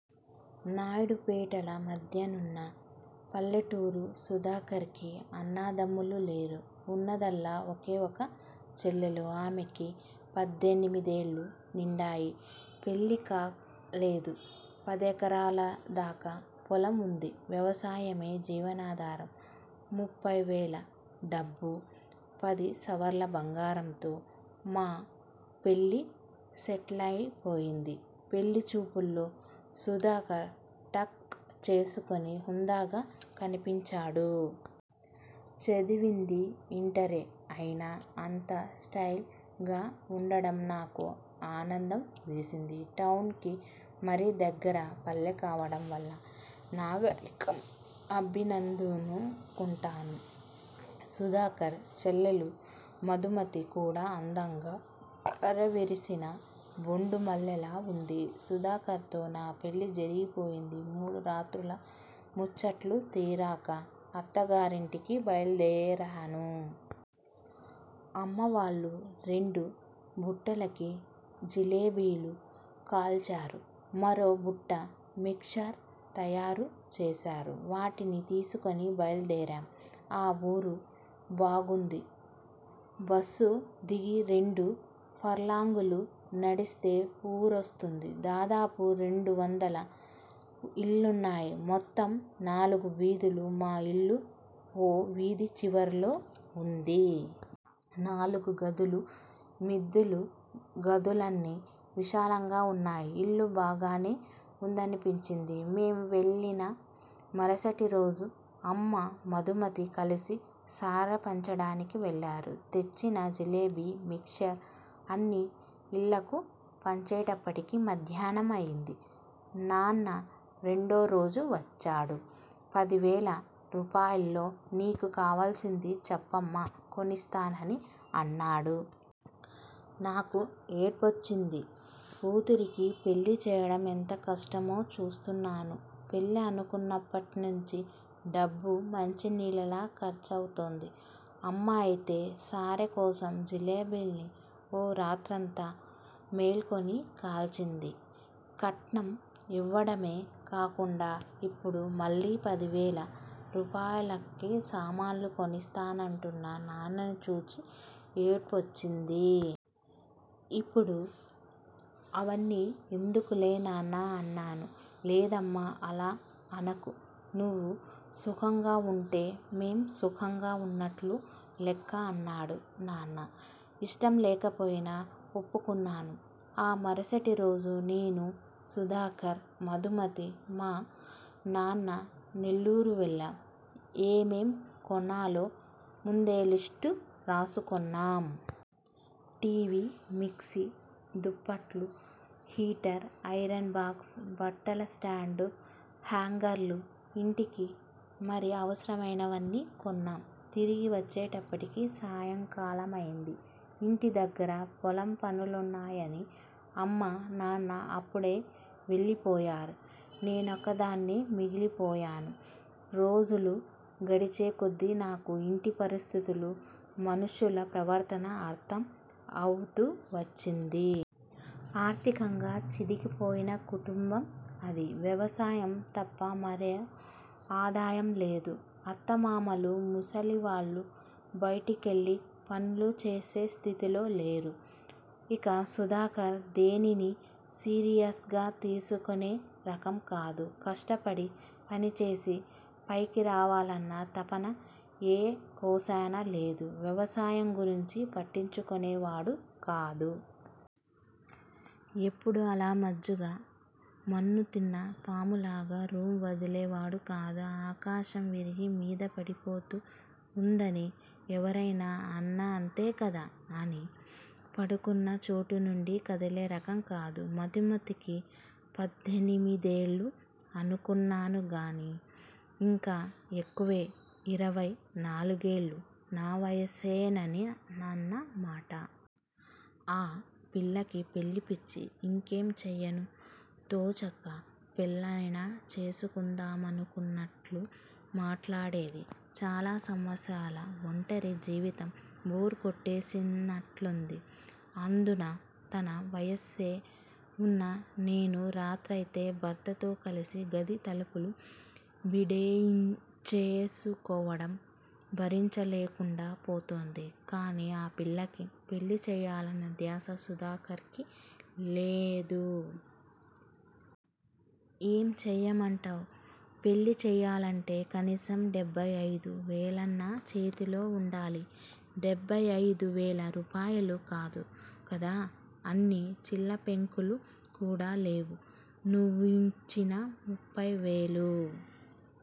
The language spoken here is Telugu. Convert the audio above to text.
నాయుడుపేటల మధ్య నున్న పల్లెటూరు. సుధాకర్ కి అన్నదమ్ములు లేరు, ఉన్నదల్లా ఒకే ఒక చెల్లెలు ఆమెకి పద్దెనిమిదేళ్ళు నిండాయి. పెళ్ళి కాలేదు. పదెకరాలదాకా పొలం వుంది వ్యవసాయమే జీవనాధారం. ముఫ్ఫైవేల డబ్బూ, పదిసవర్ల బంగారంతో మా పెళ్ళి సెటిలైపోయింది. పెళ్ళిచూపుల్లో సుధాకర్ టక్ చేసుకుని హుందాగా కనిపించాడు. చదివింది ఇంటరే అయినా అంత స్టయిల్ గా వుండడం నాకు ఆనందం వేసింది. టౌన్ కి మరీ దగ్గర పల్లెకావడం వల్ల నాగరికం అబ్బిందనుకుంటాను. సుధాకర్ చెల్లెలు మధుమతి కూడా అందంగా, అరవిరిసిన బొండుమల్లెలా వుంది. సుధాకర్ తో నా పెళ్ళి జరిగిపోయింది. మూడు రాత్రుల ముచ్చట్లు తీరాక- అత్తగారింటికి బయల్దేరాను. అమ్మావాళ్ళు రెండు బుట్టలకి జిలేబీలు కాల్చారు. మరో బుట్ట మిక్చర్ తయారు చేశారు. వాటిని తీసుకుని బయల్దేరాం. ఆ ఊరు బావుంది. బస్సు దిగి రెండు ఫర్లాంగులు నడిస్తే ఊరొస్తుంది. దాదాపు రెండువందల ఇళ్ళున్నాయి. మొత్తం నాలుగు వీధులు మా ఇల్లు ఓ వీధి చివరలో వుంది. నాలుగు గదుల మిద్దిల్లు గదులన్నీ విశాలంగా వున్నాయి ఇల్లు బాగానే వుందనిపించింది. మేం వెళ్ళిన మరుసటిరోజు అమ్మ మధుమతి కలిసి సారె పంచడానికి వెళ్ళారు. తెచ్చిన జిలేబీలు, మిక్చర్ అన్ని ఇళ్ళకు పంచేటప్పటికి మధ్యాహ్నం అయింది. నాన్న రెండోరోజు వచ్చాడు. 'పదివేల రూపాయల్లో నీకు కావాల్సింది చెప్పమ్మా కొనిస్తాను' అన్నాడు. నాకు ఏడుపొచ్చింది. కూతురికి పెళ్ళి చేయడం ఎంత కష్టమో చూస్తున్నాను. పెళ్ళి అనుకున్నప్పట్నుంచీ డబ్బు మంచినీళ్ళలా ఖర్చవుతోంది. అమ్మ అయితే సారెకోసం జిలేబీల్ని ఓ రాత్రంతా మేల్కొని కాల్చింది. కట్నం ఇవ్వడమే కాకుండా ఇప్పుడు మళ్ళీ పదివేల రూపాయలకి సామాను కొనిస్తానంటున్న నాన్నను చూసి ఏడుపొచ్చింది. ఇప్పుడు అవన్నీ ఎందుకులే నాన్నా అన్నాను. లేదమ్మా అలా అనకు, నువ్వు సుఖంగా వుంటే మేం సుఖంగా వున్నట్టు లెక్క అన్నాడు నాన్న. ఇష్టం లేకపోయినా ఒప్పుకున్నాను. ఆ మరుసటిరోజు నేనూ, సుధాకర్, మధుమతి, మానాన్న నెల్లూరు వెళ్ళాం. ఏమేం కొనాలో ముందే లిస్టు రాసుకున్నాం. టి. వీ. మిక్సి, దుప్పట్లు, హీటర్, ఐరన్ బాక్స్, బట్టలస్టాండూ, హేంగర్లూ, ఇంటికి మరీ అవసరమైనవన్నీ కొన్నాం తిరిగి వచ్చేటప్పటికి సాయంకాలమైంది. ఇంటి దగ్గర పొలం పనులున్నాయని అమ్మా, నాన్న అప్పుడే వెళ్ళి పోయారు. నేనొక్కదాన్నే మిగిలిపోయాను. రోజులు గడిచేకొద్దీ నాకు ఇంటి పరిస్థితులు, మనుషుల ప్రవర్తన అర్ధం అవుతూ వచ్చింది. ఆర్ధికంగా చితికిపోయిన కుటుంబం అది. వ్యవసాయం తప్ప మరో ఆదాయం లేదు. అత్తామామలు ముసలివాళ్ళు, బయటికెళ్ళి పనులు చేసే స్థితిలో లేరు. ఇక సుధాకర్ దేనినీ సీరియస్ గా తీసుకునే రకం కాదు. కష్టపడి పనిచేసి, పైకి రావాలన్న తపన ఏ కోశానా లేదు. వ్యవసాయం గురించి పట్టించుకునేవాడు కాదు. ఎప్పుడూ అలా మజ్జుగా, మన్ను తిన్న పాములాగా రూమ్ వదిలేవాడు కాదు. ఆకాశం విరిగి మీద పడిపోతూ వుందని ఎవరైనా అన్నా 'అంతేకదా' అని పడుకున్న చోటు నుంచి కదిలే రకం కాదు. మధుమతికి పద్దెనిమిదేళ్ళు అనుకున్నానుగానీ ఇంకా ఎక్కువే. ఇరవై నాలుగేళ్ళు. నా వయసేనన్న మాట. ఆ పిల్లకి పెళ్ళి పిచ్చి. ఇంకేం చేయను తోచక పెళ్ళన్నా చేసుకుందామానుకున్నట్లు మాట్లాడేది. చాలా సంవత్సరాల ఒంటరి జీవితం బోర్ కొట్టేసినట్లుంది. అందునా తన వయసే వున్న నేను రాత్రయితే భర్తతో కలిసి గది తలుపులు బిడేయించేసుకోవడం భరించ లేకుండా పోతోంది. కానీ ఆ పిల్లకి పెళ్ళి చేయాలన్న ధ్యాస సుధాకర్ కి లేనేలేదు. ఏం చేయమంటావ్? పెళ్ళి చేయాలంటే కనీసం డెబ్బై అయిదు వేలన్నా చేతిలో వుండాలి. డెబ్బై అయిదువేల రూపాయలు కాదు కదా అన్ని చిల్లపెంకులు కూడా లేవు. నువ్విచ్చిన ముఫ్ఫైవేలూ